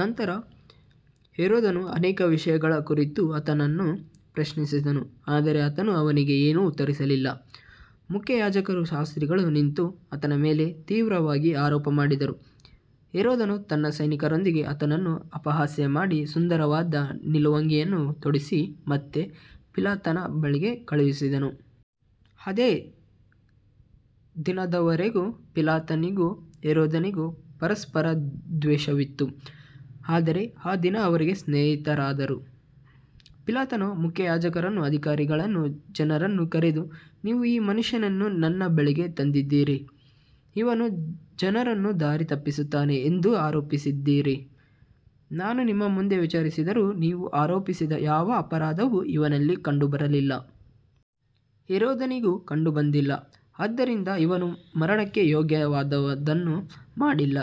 ನಂತರ ಹೆರೋದನು ಅನೇಕ ವಿಷಯಗಳ ಕುರಿತು ಆತನನ್ನು ಪ್ರಶ್ನಿಸಿದನು, ಆದರೆ ಆತನು ಅವನಿಗೆ ಏನೂ ಉತ್ತರಿಸಲಿಲ್ಲ. ಮುಖ್ಯಯಾಜಕರೂ ಶಾಸ್ತ್ರಿಗಳೂ ನಿಂತು ಆತನ ಮೇಲೆ ತೀವ್ರವಾಗಿ ಆರೋಪ ಮಾಡಿದರು. ಹೆರೋದನು ತನ್ನ ಸೈನಿಕರೊಂದಿಗೆ ಆತನನ್ನು ಅಪಹಾಸ್ಯ ಮಾಡಿ, ಸುಂದರವಾದ ನಿಲುವಂಗಿಯನ್ನು ತೊಡಿಸಿ ಮತ್ತೆ ಪಿಲಾತನ ಬಳಿಗೆ ಕಳುಹಿಸಿದನು. ಅದೇ ದಿನದವರೆಗೆ ಪಿಲಾತನಿಗೂ ಹೆರೋದನಿಗೂ ಪರಸ್ಪರ ದ್ವೇಷವಿತ್ತು, ಆದರೆ ಆ ದಿನ ಅವರು ಸ್ನೇಹಿತರಾದರು. ಪಿಲಾತನು ಮುಖ್ಯಯಾಜಕರನ್ನೂ ಅಧಿಕಾರಿಗಳನ್ನೂ ಜನರನ್ನೂ ಕರೆದು, ನೀವು ಈ ಮನುಷ್ಯನನ್ನು ನನ್ನ ಬಳಿಗೆ ತಂದಿದ್ದೀರಿ. ಇವನು ಜನರನ್ನು ದಾರಿ ತಪ್ಪಿಸುತ್ತಾನೆ ಎಂದು ಆರೋಪಿಸಿದ್ದೀರಿ. ನಾನು ನಿಮ್ಮ ಮುಂದೆ ವಿಚಾರಿಸಿದರೂ ನೀವು ಆರೋಪಿಸಿದ ಯಾವ ಅಪರಾಧವೂ ಇವನಲ್ಲಿ ಕಂಡುಬರಲಿಲ್ಲ. ಹೆರೋದನಿಗೂ ಕಂಡುಬಂದಿಲ್ಲ. ಆದ್ದರಿಂದ ಇವನು ಮರಣಕ್ಕೆ ಯೋಗ್ಯವಾದದ್ದನ್ನು ಮಾಡಿಲ್ಲ.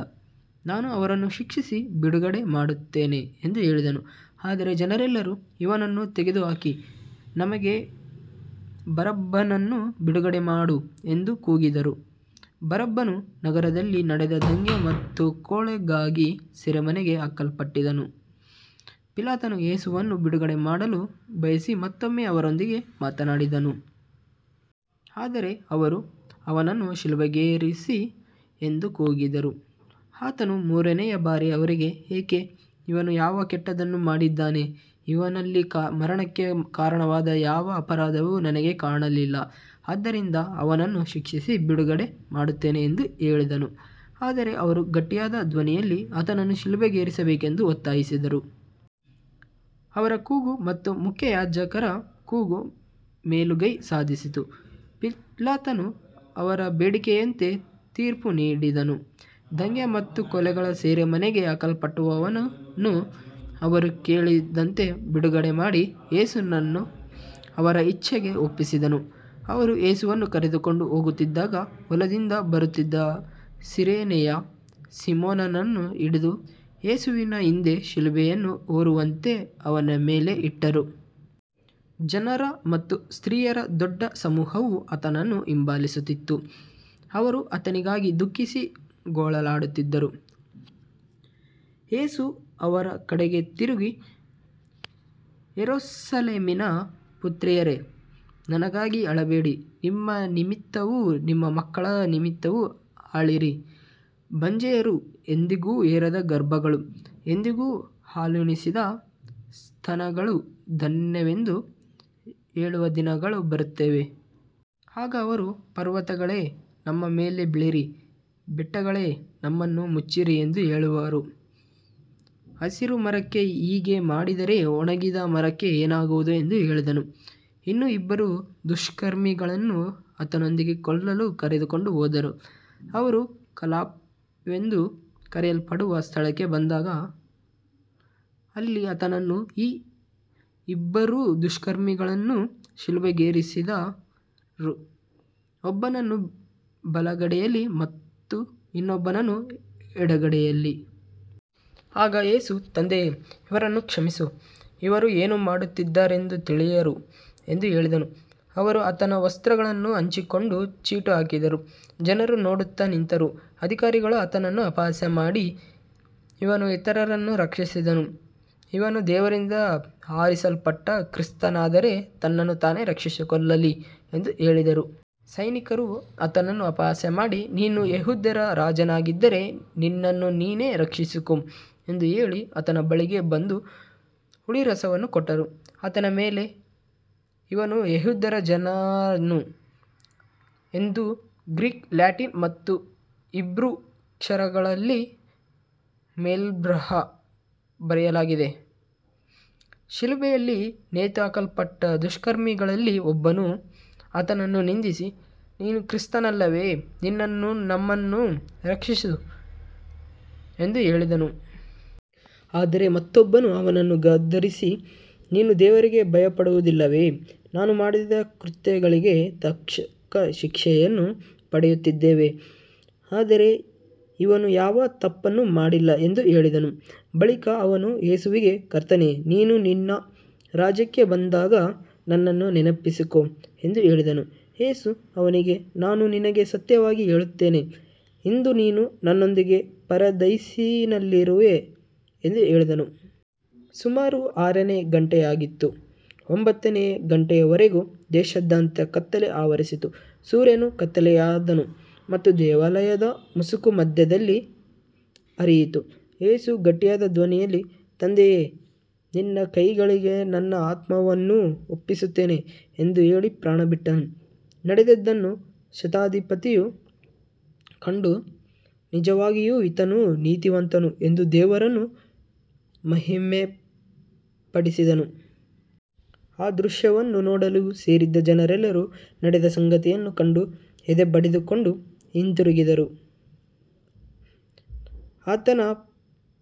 ನಾನು ಅವನನ್ನು ಶಿಕ್ಷಿಸಿ ಬಿಡುಗಡೆ ಮಾಡುತ್ತೇನೆ ಎಂದು ಹೇಳಿದನು. ಆದರೆ ಜನರೆಲ್ಲರೂ, ಇವನನ್ನು ತೆಗೆದುಹಾಕಿ, ನಮಗೆ ಬರಬ್ಬನನ್ನು ಬಿಡುಗಡೆ ಮಾಡು ಎಂದು ಕೂಗಿದರು. ಬರಬ್ಬನು ನಗರದಲ್ಲಿ ನಡೆದ ದಂಗೆ ಮತ್ತು ಕೊಲೆಗಾಗಿ ಸೆರೆಮನೆಗೆ ಹಾಕಲ್ಪಟ್ಟಿದ್ದನು. ಪಿಲಾತನು ಯೇಸುವನ್ನು ಬಿಡುಗಡೆಮಾಡಲು ಬಯಸಿ ಮತ್ತೊಮ್ಮೆ ಅವರೊಂದಿಗೆ ಮಾತನಾಡಿದನು. ಆದರೆ ಅವರು, ಅವನನ್ನು ಶಿಲುಬೆಗೇರಿಸು ಎಂದು ಕೂಗಿದರು. ಆತನು ಮೂರನೆಯ ಬಾರಿ ಅವರಿಗೆ, ಏಕೆ, ಇವನು ಯಾವ ಕೆಟ್ಟದ್ದನ್ನು ಮಾಡಿದ್ದಾನೆ. ಇವನಲ್ಲಿ ಮರಣಕ್ಕೆ ಕಾರಣವಾದ ಯಾವ ಅಪರಾಧವೂ ನನಗೆ ಕಾಣಲಿಲ್ಲ. ಆದ್ದರಿಂದ ಅವನನ್ನು ಶಿಕ್ಷಿಸಿ ಬಿಡುಗಡೆ ಮಾಡುತ್ತೇನೆ ಎಂದು ಹೇಳಿದನು. ಆದರೆ ಅವರು ಗಟ್ಟಿಯಾದ ಧ್ವನಿಯಲ್ಲಿ ಆತನನ್ನು ಶಿಲುಬೆಗೇರಿಸಬೇಕೆಂದು ಒತ್ತಾಯಿಸಿದರು. ಅವರ ಕೂಗು ಮತ್ತು ಮುಖ್ಯಯಾಜಕರ ಕೂಗು ಮೇಲುಗೈ ಸಾಧಿಸಿತು. ಪಿಲಾತನು ಅವರ ಬೇಡಿಕೆಯಂತೆ ತೀರ್ಪು ನೀಡಿದನು. ದಂಗೆ ಮತ್ತು ಕೊಲೆಗಾಗಿ ಸೆರೆಮನೆಗೆ ಹಾಕಲ್ಪಟ್ಟವನನ್ನು ಅವರು ಕೇಳಿದಂತೆ ಬಿಡುಗಡೆಮಾಡಿ, ಯೇಸುವನ್ನು ಅವರ ಇಚ್ಛೆಗೆ ಒಪ್ಪಿಸಿದನು. ಅವರು ಯೇಸುವನ್ನು ಕರೆದುಕೊಂಡು ಹೋಗುತ್ತಿದ್ದಾಗ, ಹೊಲದಿಂದ ಬರುತ್ತಿದ್ದ ಸಿರೇನೆಯ ಸೀಮೋನನನ್ನು ಹಿಡಿದು, ಯೇಸುವಿನ ಹಿಂದೆ ಶಿಲುಬೆಯನ್ನು ಹೊರುವಂತೆ ಅವನ ಮೇಲೆ ಇಟ್ಟರು. ಜನರ ಮತ್ತು ಸ್ತ್ರೀಯರ ದೊಡ್ಡ ಸಮೂಹವು ಆತನನ್ನು ಹಿಂಬಾಲಿಸುತ್ತಿತ್ತು. ಅವರು ಆತನಿಗಾಗಿ ದುಃಖಿಸಿ ಗೋಳಾಡುತ್ತಿದ್ದರು. ಯೇಸು ಅವರ ಕಡೆಗೆ ತಿರುಗಿ, ಯೆರೂಸಲೇಮಿನ ಪುತ್ರಿಯರೇ, ನನಗಾಗಿ ಅಳಬೇಡಿ, ನಿಮ್ಮ ನಿಮಿತ್ತವೂ ನಿಮ್ಮ ಮಕ್ಕಳ ನಿಮಿತ್ತವೂ ಅಳಿರಿ. ಬಂಜೆಯರೂ, ಎಂದಿಗೂ ಹೆರದ ಗರ್ಭಗಳೂ, ಎಂದಿಗೂ ಹಾಲುಣಿಸದ ಸ್ತನಗಳೂ ಧನ್ಯವೆಂದು ಹೇಳುವ ದಿನಗಳು ಬರುತ್ತವೆ. ಆಗ ಅವರು ಪರ್ವತಗಳೇ, ನಮ್ಮ ಮೇಲೆ ಬೀಳಿರಿ, ಬೆಟ್ಟಗಳೇ, ನಮ್ಮನ್ನು ಮುಚ್ಚಿರಿ ಎಂದು ಹೇಳುವರು. ಹಸಿರು ಮರಕ್ಕೆ ಹೀಗೆ ಮಾಡಿದರೆ ಒಣಗಿದ ಮರಕ್ಕೆ ಏನಾಗುವುದು ಎಂದು ಹೇಳಿದನು. ಇನ್ನೂ ಇಬ್ಬರು ದುಷ್ಕರ್ಮಿಗಳನ್ನು ಆತನೊಂದಿಗೆ ಕೊಲ್ಲಲು ಕರೆದುಕೊಂಡು ಹೋದರು. ಅವರು ಕಪಾಲವೆಂದು ಕರೆಯಲ್ಪಡುವ ಸ್ಥಳಕ್ಕೆ ಬಂದಾಗ, ಅಲ್ಲಿ ಆತನನ್ನೂ ಆ ಇಬ್ಬರು ದುಷ್ಕರ್ಮಿಗಳನ್ನೂ ಶಿಲುಬೆಗೇರಿಸಿದರು, ಒಬ್ಬನನ್ನು ಬಲಗಡೆಯಲ್ಲಿ ಮತ್ತು ಇನ್ನೊಬ್ಬನನ್ನು ಎಡಗಡೆಯಲ್ಲಿ. ಆಗ ಯೇಸು, ತಂದೆಯೇ, ಇವರನ್ನು ಕ್ಷಮಿಸು, ಇವರು ಏನು ಮಾಡುತ್ತಿದ್ದಾರೆಂದು ತಿಳಿಯರು ಎಂದು ಹೇಳಿದನು. ಅವರು ಆತನ ವಸ್ತ್ರಗಳನ್ನು ಹಂಚಿಕೊಂಡು ಚೀಟು ಹಾಕಿದರು. ಜನರು ನೋಡುತ್ತಾ ನಿಂತರು. ಅಧಿಕಾರಿಗಳೂ ಆತನನ್ನು ಅಪಹಾಸ್ಯ ಮಾಡಿ, ಇವನು ಇತರರನ್ನು ರಕ್ಷಿಸಿದನು. ಇವನು ದೇವರಿಂದ ಆರಿಸಲ್ಪಟ್ಟ ಕ್ರಿಸ್ತನಾದರೆ ತನ್ನನ್ನು ತಾನೇ ರಕ್ಷಿಸಿಕೊಳ್ಳಲಿ ಎಂದು ಹೇಳಿದರು. ಸೈನಿಕರೂ ಆತನನ್ನು ಅಪಹಾಸ್ಯ ಮಾಡಿ, ನೀನು ಯೆಹೂದ್ಯರ ರಾಜನಾಗಿದ್ದರೆ ನಿನ್ನನ್ನು ನೀನೇ ರಕ್ಷಿಸಿಕೋ ಎಂದು ಹೇಳಿ ಆತನ ಬಳಿಗೆ ಬಂದು ಹುಳಿರಸವನ್ನು ಕೊಟ್ಟರು. ಆತನ ಮೇಲೆ, ಇವನು ಯೆಹೂದ್ಯರ ರಾಜನು ಎಂದು ಗ್ರೀಕ್, ಲ್ಯಾಟಿನ್ ಮತ್ತು ಹೀಬ್ರೂ ಅಕ್ಷರಗಳಲ್ಲಿ ಮೇಲ್ಬರಹ ಬರೆಯಲಾಗಿತ್ತು. ಶಿಲುಬೆಯಲ್ಲಿ ನೇತುಹಾಕಲ್ಪಟ್ಟ ದುಷ್ಕರ್ಮಿಗಳಲ್ಲಿ ಒಬ್ಬನು ಆತನನ್ನು ನಿಂದಿಸಿ, ನೀನು ಕ್ರಿಸ್ತನಲ್ಲವೇ, ನಿನ್ನನ್ನೂ ನಮ್ಮನ್ನೂ ರಕ್ಷಿಸು ಎಂದು ಹೇಳಿದನು. ಆದರೆ ಮತ್ತೊಬ್ಬನು ಅವನನ್ನು ಗದರಿಸಿ, ನೀನು ದೇವರಿಗೆ ಭಯಪಡುವುದಿಲ್ಲವೇ. ನಾವು ಮಾಡಿದ ಕೃತ್ಯಗಳಿಗೆ ತಕ್ಕ ಶಿಕ್ಷೆಯನ್ನು ಪಡೆಯುತ್ತಿದ್ದೇವೆ. ಆದರೆ ಇವನು ಯಾವ ತಪ್ಪನ್ನೂ ಮಾಡಿಲ್ಲ ಎಂದು ಹೇಳಿದನು. ಬಳಿಕ ಅವನು ಯೇಸುವಿಗೆ, ಕರ್ತನೇ, ನೀನು ನಿನ್ನ ರಾಜ್ಯಕ್ಕೆ ಬಂದಾಗ ನನ್ನನ್ನು ನೆನಪಿಸಿಕೋ ಎಂದು ಹೇಳಿದನು. ಯೇಸು ಅವನಿಗೆ, ನಾನು ನಿನಗೆ ಸತ್ಯವಾಗಿ ಹೇಳುತ್ತೇನೆ, ಇಂದು ನೀನು ನನ್ನೊಂದಿಗೆ ಪರದೈಸಿನಲ್ಲಿರುವೆ ಎಂದು ಹೇಳಿದನು. ಸುಮಾರು ಆರನೇ ಗಂಟೆಯಾಗಿತ್ತು. ಒಂಬತ್ತನೇ ಗಂಟೆಯವರೆಗೆ ದೇಶದಾದ್ಯಂತ ಕತ್ತಲೆ ಆವರಿಸಿತು. ಸೂರ್ಯನು ಕತ್ತಲೆಯಾದನು ಮತ್ತು ದೇವಾಲಯದ ಮುಸುಕು ಮಧ್ಯದಲ್ಲಿ ಹರಿಯಿತು. ಯೇಸು ಗಟ್ಟಿಯಾದ ಧ್ವನಿಯಲ್ಲಿ, ತಂದೆಯೇ, ನಿನ್ನ ಕೈಗಳಿಗೆ ನನ್ನ ಆತ್ಮವನ್ನು ಒಪ್ಪಿಸುತ್ತೇನೆ ಎಂದು ಹೇಳಿ ಪ್ರಾಣಬಿಟ್ಟನು. ನಡೆದದ್ದನ್ನು ಶತಾಧಿಪತಿಯು ಕಂಡು, ನಿಜವಾಗಿಯೂ ಈತನು ನೀತಿವಂತನು ಎಂದು ದೇವರನ್ನು ಮಹಿಮೆಪಡಿಸಿದನು. ಆ ದೃಶ್ಯವನ್ನು ನೋಡಲು ಸೇರಿದ್ದ ಜನರೆಲ್ಲರೂ ನಡೆದ ಸಂಗತಿಗಳನ್ನು ಕಂಡು ಎದೆ ಬಡಿದುಕೊಂಡು ಹಿಂದಿರುಗಿದರು. ಆತನ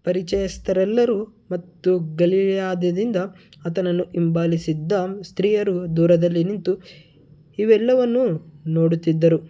ಪರಿಚಯಸ್ಥರೆಲ್ಲರೂ ಮತ್ತು ಗಲಿಲಾಯದಿಂದ ಆತನನ್ನು ಹಿಂಬಾಲಿಸಿದ್ದ ಸ್ತ್ರೀಯರೂ ದೂರದಲ್ಲಿ ನಿಂತು ಇವೆಲ್ಲವನ್ನೂ ನೋಡುತ್ತಿದ್ದರು.